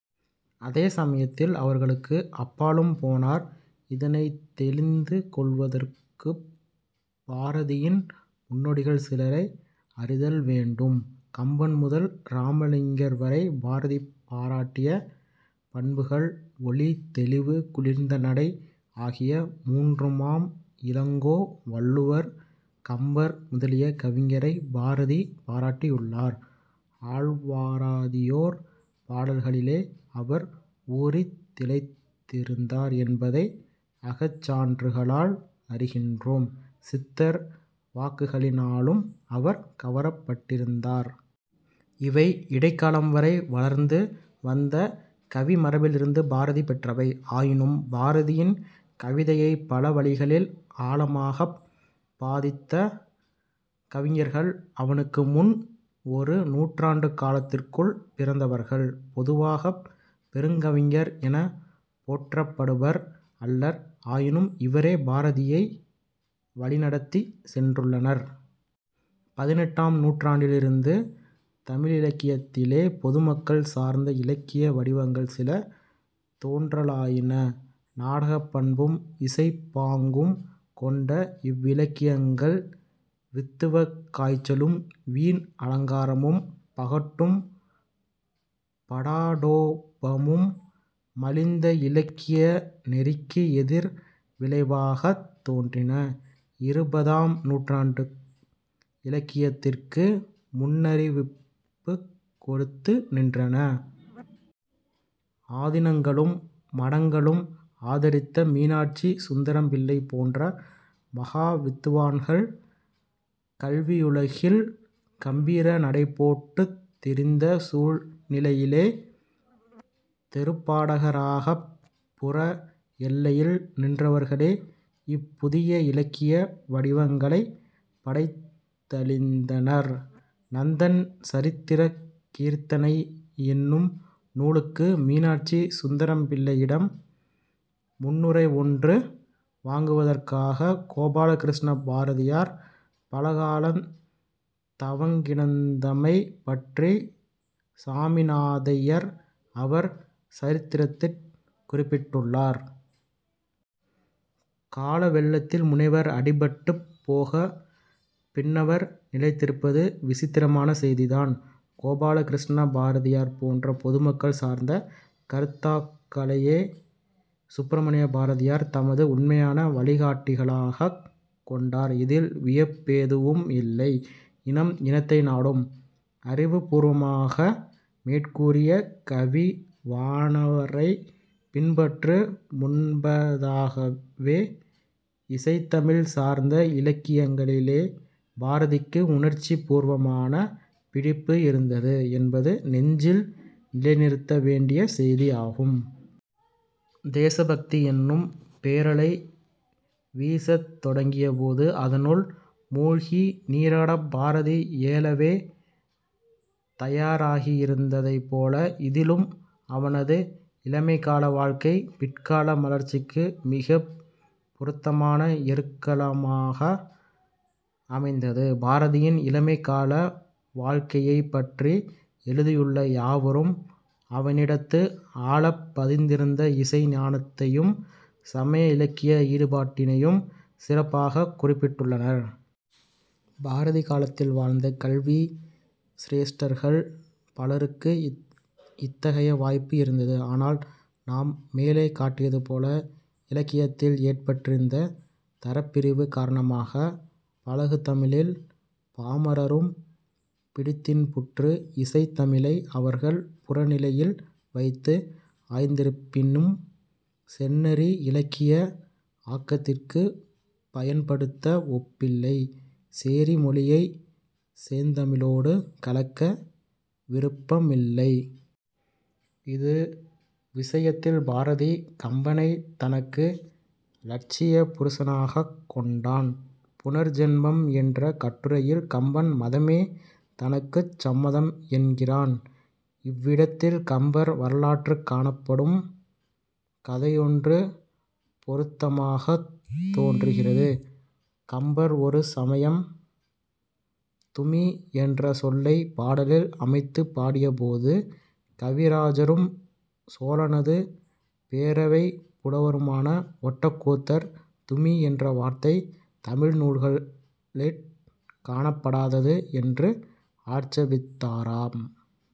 அதே சமயத்தில் அவர்களுக்கு அப்பாலும் போனார். இதனைத் தௌிந்து கொள்வதற்குப் பாரதியின் முன்னோடிகள் சிலரை அறிதல் வேண்டும். கம்பன் முதல் இராமலிங்கர் வரை பாரதி பாராட்டிய பண்புகள் "ஒளி, தௌிவு, குளிர்ந்த நடை" ஆகிய மூன்றுமாம். இளங்கோ, வள்ளுவர், கம்பர் முதலிய கவிஞரைப் பாரதி பாராட்டியுள்ளார்; ஆழ்வாராதியோர் பாடல்களிலே அவர் ஊறித் திளைத்திருந்தார் என்பதை அகச்சான்றுகளால் அறிகின்றோம்; சித்தர் வாக்குகளினாலும் அவர் கவரப்பட்டிருந்தார். இவை இடைக்காலம் வரை வளர்ந்து வந்த கவிமரபிலிருந்து பாரதி பெற்றவை. ஆயினும் பாரதியின் கவிதையைப் பல வழிகளில் ஆழமாகப் பாதித்த கவிஞர்கள் அவனுக்கு முன் ஒரு நூற்றாண்டுக் காலத்திற்குள் பிறந்தவர்கள். பொதுவாகப் "பெருங் கவிஞர்" எனப் போற்றப்படுவர் அல்லர். ஆயினும் இவரே பாரதியை வழி நடத்திச் சென்றுள்ளனர். பதினெட்டாம் நூற்றாண்டிலிருந்து தமிழிலக்கியத்திலே பொதுமக்கள் சார்ந்த இலக்கிய வடிவங்கள் சில தோன்றலாயின. நாடகப் பண்பும் இசைப் பாங்கும் கொண்ட இவ்விலக்கியங்கள், வித்துவக் காய்ச்சலும் வீண் அலங்காரமும், பகட்டும், படாடோபமும் மலிந்த இலக்கிய நெறிக்கு எதிர் விளைவாகத் தோன்றின. இருபதாம் நூற்றாண்டு இலக்கியத்திற்கு முன்னறிவிப்புக் கொடுத்து நின்றன. ஆதினங்களும் மடங்களும் ஆதரித்த மீனாட்சி சுந்தரம்பிள்ளை போன்ற மகாவித்துவான்கள் கல்வியுலகில் கம்பீர நடைபோட்டுத் திரிந்த சூழ்நிலையிலே, 'தெருப்பாடக'ராகப் புற எல்லையில் நின்றவர்களே இப்புதிய இலக்கிய வடிவங்களைப் படைத்தளித்தனர். நந்தன் சரித்திரக் கீர்த்தனை என்னும் நூலுக்கு மீனாட்சி சுந்தரம்பிள்ளையிடம் முன்னுரை ஒன்று வாங்குவதற்காகக் கோபாலகிருஷ்ண பாரதியார் பலகாலந் 'தவங்கிடந்தமை' பற்றிச் சாமிநாதையர் அவர் சரித்திரத்திற் குறிப்பிட்டுள்ளார். காலவெள்ளத்தில் முனைவர் அடிபட்டுப் போகப் பின்னவர் நிலைத்திருப்பது விசித்திரமான செய்திதான். கோபாலகிருஷ்ண பாரதியார் போன்ற பொதுமக்கள் சார்ந்த கர்த்தாக்களையே சுப்பிரமணிய பாரதியார் தமது உண்மையான வழிகாட்டிகளாகக் கொண்டார். இதில் வியப்பெதுவுமில்லை. இனம் இனத்தை நாடும். அறிவு பூர்வமாக மேற்கூறிய கவிவாணரைப் பின்பற்று முன்பதாகவே இசைத்தமிழ் சார்ந்த இலக்கியங்களிலே பாரதிக்கு உணர்ச்சி பூர்வமான பிடிப்பு இருந்தது என்பது நெஞ்சில் நிலைநிறுத்த வேண்டிய செய்தியாகும். தேசபக்தி என்னும் பேரலை வீசத் தொடங்கியபோது, அதனுள் மூழ்கி நீராடப் பாரதி ஏலவே தயாராகியிருந்ததைப் போல, இதிலும் அவனது இளமைக்கால வாழ்க்கை பிற்கால மலர்ச்சிக்கு மிகப் பொருத்தமான எருக்களமாக அமைந்தது. பாரதியின் இளமைக்கால வாழ்க்கையைப் பற்றி எழுதியுள்ள யாவரும், அவனிடத்து ஆழப் பதிந்திருந்த இசை ஞானத்தையும், சமய இலக்கிய ஈடுபாட்டினையும் சிறப்பாகக் குறிப்பிட்டுள்ளனர். பாரதி காலத்தில் வாழ்ந்த கல்வி சிரேஷ்டர்கள் பலருக்கு இத்தகைய வாய்ப்பு இருந்தது. ஆனால் நாம் மேலே காட்டியது போல இலக்கியத்தில் ஏற்பட்டிருந்த தரப்பிரிபு காரணமாக 'பழகுதமிழில்' பாமரரும் பிடித்தின்புற்று இசைத் தமிழை அவர்கள் புறநிலையில் வைத்து ஆய்ந்திருப்பினும், "செந்நெறி" இலக்கிய ஆக்கத்திற்குப் பயன்படுத்த ஒப்பவில்லை. 'சேரி மொழியை'ச் செந்தமிழோடு கலக்க விரும்பவில்லை. இது விஷயத்தில் பாரதி கம்பனைத் தனக்கு இலட்சிய புருஷனாகக் கொண்டான். புனர்ஜென்மம் என்ற கட்டுரையில் கம்பன் மதமே தனக்குச் சம்மதம் என்கிறான். இவ்விடத்தில் கம்பர் வரலாற்றிற் காணப்படும் கதையொன்று பொருத்தமாகத் தோன்றுகிறது. கம்பர் ஒரு சமயம் 'துமி' என்ற சொல்லைப் பாடலில் அமைத்துப் பாடியபோது, கவிராஜரும் சோழனது பேரவைப் புலவருமான ஒட்டக்கூத்தர் "துமி" என்ற வார்த்தை தமிழ் நூல்களிற் காணப்படாதது என்று ஆட்சேபித்தாராம்.